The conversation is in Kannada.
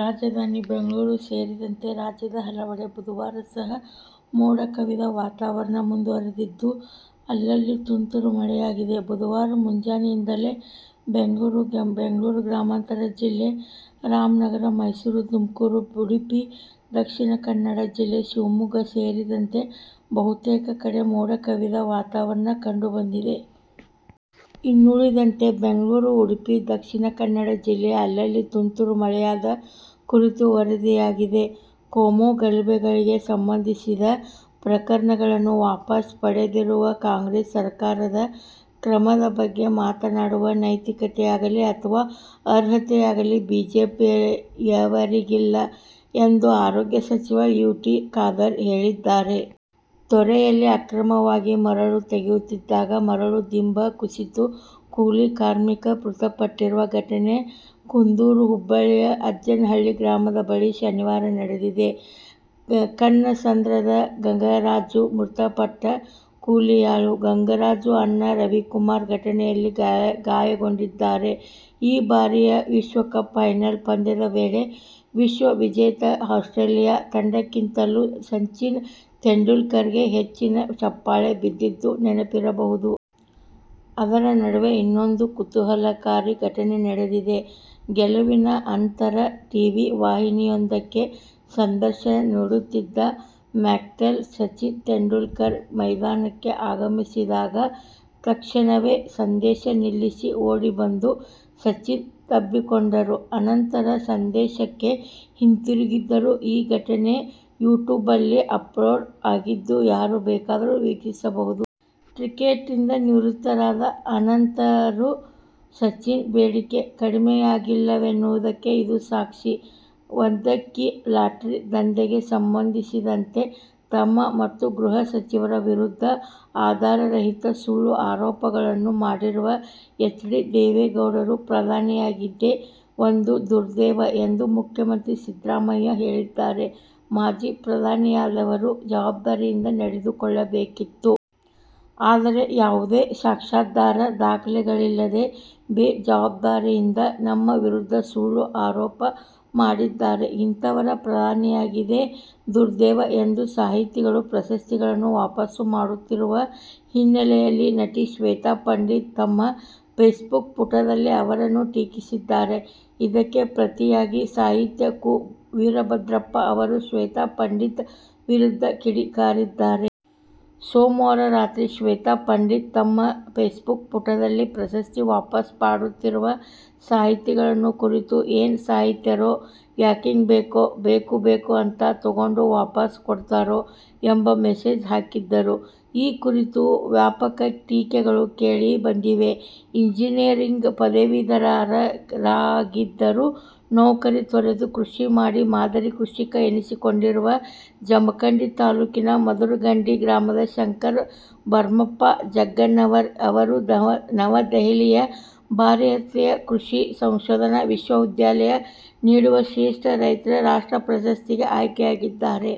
ರಾಜಧಾನಿ ಬೆಂಗಳೂರು ಸೇರಿದಂತೆ ರಾಜ್ಯದ ಹಲವೆಡೆ ಬುಧವಾರ ಸಹ ಮೋಡಕವಿದ ವಾತಾವರಣ ಮುಂದುವರಿದಿದ್ದು, ಅಲ್ಲಲ್ಲಿ ತುಂತುರು ಮಳೆಯಾಗಿದೆ. ಬುಧವಾರ ಮುಂಜಾನೆಯಿಂದಲೇ ಬೆಂಗಳೂರು, ಬೆಂಗಳೂರು ಗ್ರಾಮಾಂತರ ಜಿಲ್ಲೆ, ರಾಮನಗರ, ಮೈಸೂರು, ತುಮಕೂರು, ಉಡುಪಿ, ದಕ್ಷಿಣ ಕನ್ನಡ ಜಿಲ್ಲೆ, ಶಿವಮೊಗ್ಗ ಸೇರಿದಂತೆ ಬಹುತೇಕ ಕಡೆ ಮೋಡಕವಿದ ವಾತಾವರಣ ಕಂಡು ಬಂತು. ಇನ್ನುಳಿದಂತೆ ಬೆಂಗಳೂರು, ಉಡುಪಿ, ದಕ್ಷಿಣ ಕನ್ನಡ ಜಿಲ್ಲೆಯ ಅಲ್ಲಲ್ಲಿ ತುಂತುರು ಮಳೆಯಾದ ಕುರಿತು ವರದಿಯಾಗಿದೆ. ಕೋಮು ಗಲಭೆಗಳಿಗೆ ಸಂಬಂಧಿಸಿದ ಪ್ರಕರಣಗಳನ್ನು ವಾಪಸ್ ಪಡೆದಿರುವ ಕಾಂಗ್ರೆಸ್ ಸರ್ಕಾರದ ಕ್ರಮದ ಬಗ್ಗೆ ಮಾತನಾಡುವ ನೈತಿಕತೆಯಾಗಲಿ ಅಥವಾ ಅರ್ಹತೆಯಾಗಲಿ ಬಿಜೆಪಿಯವರಿಗಿಲ್ಲ ಎಂದು ಆರೋಗ್ಯ ಸಚಿವ ಯು. ಟಿ. ಖಾದರ್ ಹೇಳಿದ್ದಾರೆ. ತೊರೆಯಲ್ಲಿ ಅಕ್ರಮವಾಗಿ ಮರಳು ತೆಗೆಯುತ್ತಿದ್ದಾಗ ಮರಳು ದಿಬ್ಬ ಕುಸಿದು ಕೂಲಿ ಕಾರ್ಮಿಕ ಮೃತಪಟ್ಟಿರುವ ಘಟನೆ ಕುದೂರು ಹೋಬಳಿಯ ಅಜ್ಜಹಳ್ಳಿ ಗ್ರಾಮದ ಬಳಿ ಶನಿವಾರ ನಡೆದಿದೆ. ಕನ್ನಸಂದ್ರದ ಗಂಗರಾಜು ಮೃತಪಟ್ಟ ಕೂಲಿಯಾಳು. ಗಂಗರಾಜು ಅಣ್ಣ ರವಿಕುಮಾರ್ ಘಟನೆಯಲ್ಲಿ ಗಾಯಗೊಂಡಿದ್ದಾರೆ. ಈ ಬಾರಿಯ ವಿಶ್ವಕಪ್ ಫೈನಲ್ ಪಂದ್ಯದ ವೇಳೆ ವಿಶ್ವವಿಜೇತ ಆಸ್ಟ್ರೇಲಿಯ ತಂಡಕ್ಕಿಂತಲೂ ಸಚಿನ್ ತೆಂಡುಲ್ಕರ್ಗೆ ಹೆಚ್ಚಿನ ಚಪ್ಪಾಳೆ ಬಿದ್ದಿದ್ದು ನೆನಪಿರಬಹುದು. ಅದರ ನಡುವೆ ಇನ್ನೊಂದು ಕುತೂಹಲಕಾರಿ ಘಟನೆ ನಡೆದಿದೆ. ಗೆಲುವಿನ ಅನಂತರ ಟಿವಿ ವಾಹಿನಿಯೊಂದಕ್ಕೆ ಸಂದರ್ಶನ ನೀಡುತ್ತಿದ್ದ ಮ್ಯಾಕ್ಸ್ವೆಲ್, ಸಚಿನ್ ತೆಂಡುಲ್ಕರ್ ಮೈದಾನಕ್ಕೆ ಆಗಮಿಸಿದಾಗ ತತ್ಕ್ಷಣವೇ ಸಂದರ್ಶನ ನಿಲ್ಲಿಸಿ ಓಡಿಬಂದು ಸಚಿನ್ ತಬ್ಬಿಕೊಂಡರು. ಅನಂತರ ಸಂದರ್ಶನಕ್ಕೆ ಹಿಂದಿರುಗಿದರು! ಈ ಘಟನೆ ಯೂಟ್ಯೂಬ್ನಲ್ಲಿ ಅಪ್ಲೋಡ್ ಆಗಿದ್ದು, ಯಾರು ಬೇಕಾದರೂ ವೀಕ್ಷಿಸಬಹುದು. ಕ್ರಿಕೆಟ್ನಿಂದ ನಿವೃತ್ತರಾದ ಅನಂತರವೂ ಸಚಿನ್ಗೆ ಬೇಡಿಕೆ ಕಡಿಮೆಯಾಗಿಲ್ಲವೆನ್ನುವುದಕ್ಕೆ ಇದು ಸಾಕ್ಷಿ. ಒಂದಂಕಿ ಲಾಟರಿ ದಂಧೆಗೆ ಸಂಬಂಧಿಸಿದಂತೆ ತಮ್ಮ ಮತ್ತು ಗೃಹ ಸಚಿವರ ವಿರುದ್ಧ ಆಧಾರರಹಿತ ಸುಳ್ಳು ಆರೋಪಗಳನ್ನು ಮಾಡಿರುವ ಎಚ್. ಡಿ. ದೇವೇಗೌಡರು ಪ್ರಧಾನಿಯಾಗಿದ್ದೇ ಒಂದು ದುರ್ದೈವ ಎಂದು ಮುಖ್ಯಮಂತ್ರಿ ಸಿದ್ದರಾಮಯ್ಯ ಹೇಳಿದ್ದಾರೆ. ಮಾಜಿ ಪ್ರಧಾನಿಯಾದವರು ಜವಾಬ್ದಾರಿಯಿಂದ ನಡೆದುಕೊಳ್ಳಬೇಕಿತ್ತು. ಆದರೆ, ಯಾವುದೇ ಸಾಕ್ಷ್ಯಾಧಾರ, ದಾಖಲೆಗಳಿಲ್ಲದೆ ಬೇಜವಾಬ್ದಾರಿಯಿಂದ ನಮ್ಮ ವಿರುದ್ಧ ಸುಳ್ಳು ಆರೋಪ ಮಾಡಿದ್ದಾರೆ. ಇಂಥವರು ಪ್ರಧಾನಿಯಾಗಿದ್ದೇ ದುರ್ದೈವ ಎಂದರು. ಸಾಹಿತಿಗಳು ಪ್ರಶಸ್ತಿಗಳನ್ನು ವಾಪಸ್ಸು ಮಾಡುತ್ತಿರುವ ಹಿನ್ನೆಲೆಯಲ್ಲಿ ನಟಿ ಶ್ವೇತಾ ಪಂಡಿತ್ ತಮ್ಮ ಫೇಸ್ಬುಕ್ ಪುಟದಲ್ಲಿ ಅವರನ್ನು ಟೀಕಿಸಿದ್ದಾರೆ. ಇದಕ್ಕೆ ಪ್ರತಿಯಾಗಿ ಸಾಹಿತಿ ಕುಂ. ವೀರಭದ್ರಪ್ಪ ಅವರು ಶ್ವೇತಾ ಪಂಡಿತ್ ವಿರುದ್ಧ ಕಿಡಿಕಾರಿದ್ದಾರೆ. ಸೋಮವಾರ ರಾತ್ರಿ ಶ್ವೇತಾ ಪಂಡಿತ್ ತಮ್ಮ ಫೇಸ್ಬುಕ್ ಪುಟದಲ್ಲಿ ಪ್ರಶಸ್ತಿ ವಾಪಸ್ಸು ಮಾಡುತ್ತಿರುವ ಸಾಹಿತಿಗಳನ್ನು ಕುರಿತು, 'ಏನ್ ಸಾಹಿತಿರೋ ಯಾಕಿಂಗ, ಬೇಕು ಬೇಕು ಬೇಕು ಅಂತಾ ತೊಗೊಂಡ್ ವಾಪಸ್ ಕೊಡ್ತೀರೋ ' ಎಂಬ ಮೆಸೇಜ್ ಹಾಕಿದ್ದರು. ಈ ಕುರಿತು ವ್ಯಾಪಕ ಟೀಕೆಗಳು ಕೇಳಿ ಬಂದಿವೆ. ಎಂಜಿನಿಯರಿಂಗ್ ಪದವೀಧರರಾ ಗಿದ್ದರೂ ನೌಕರಿ ತೊರೆದು ಕೃಷಿ ಮಾಡಿ ಮಾದರಿ ಕೃಷಿಕ ಎನಿಸಿಕೊಂಡಿರುವ ಜಮಖಂಡಿ ತಾಲೂಕಿನ ಮಧುರಖಂಡಿ ಗ್ರಾಮದ ಶಂಕರ ಭರಮಪ್ಪ ಜಂಗನ್ನವರ ಅವರು ನವದೆಹಲಿಯ ಭಾರತೀಯ ಕೃಷಿ ಸಂಶೋಧನಾ ವಿಶ್ವವಿದ್ಯಾಲಯ ನೀಡುವ ಶ್ರೇಷ್ಠ ರೈತ ರಾಷ್ಟ್ರ ಪ್ರಶಸ್ತಿಗೆ ಆಯ್ಕೆಯಾಗಿದ್ದಾರೆ.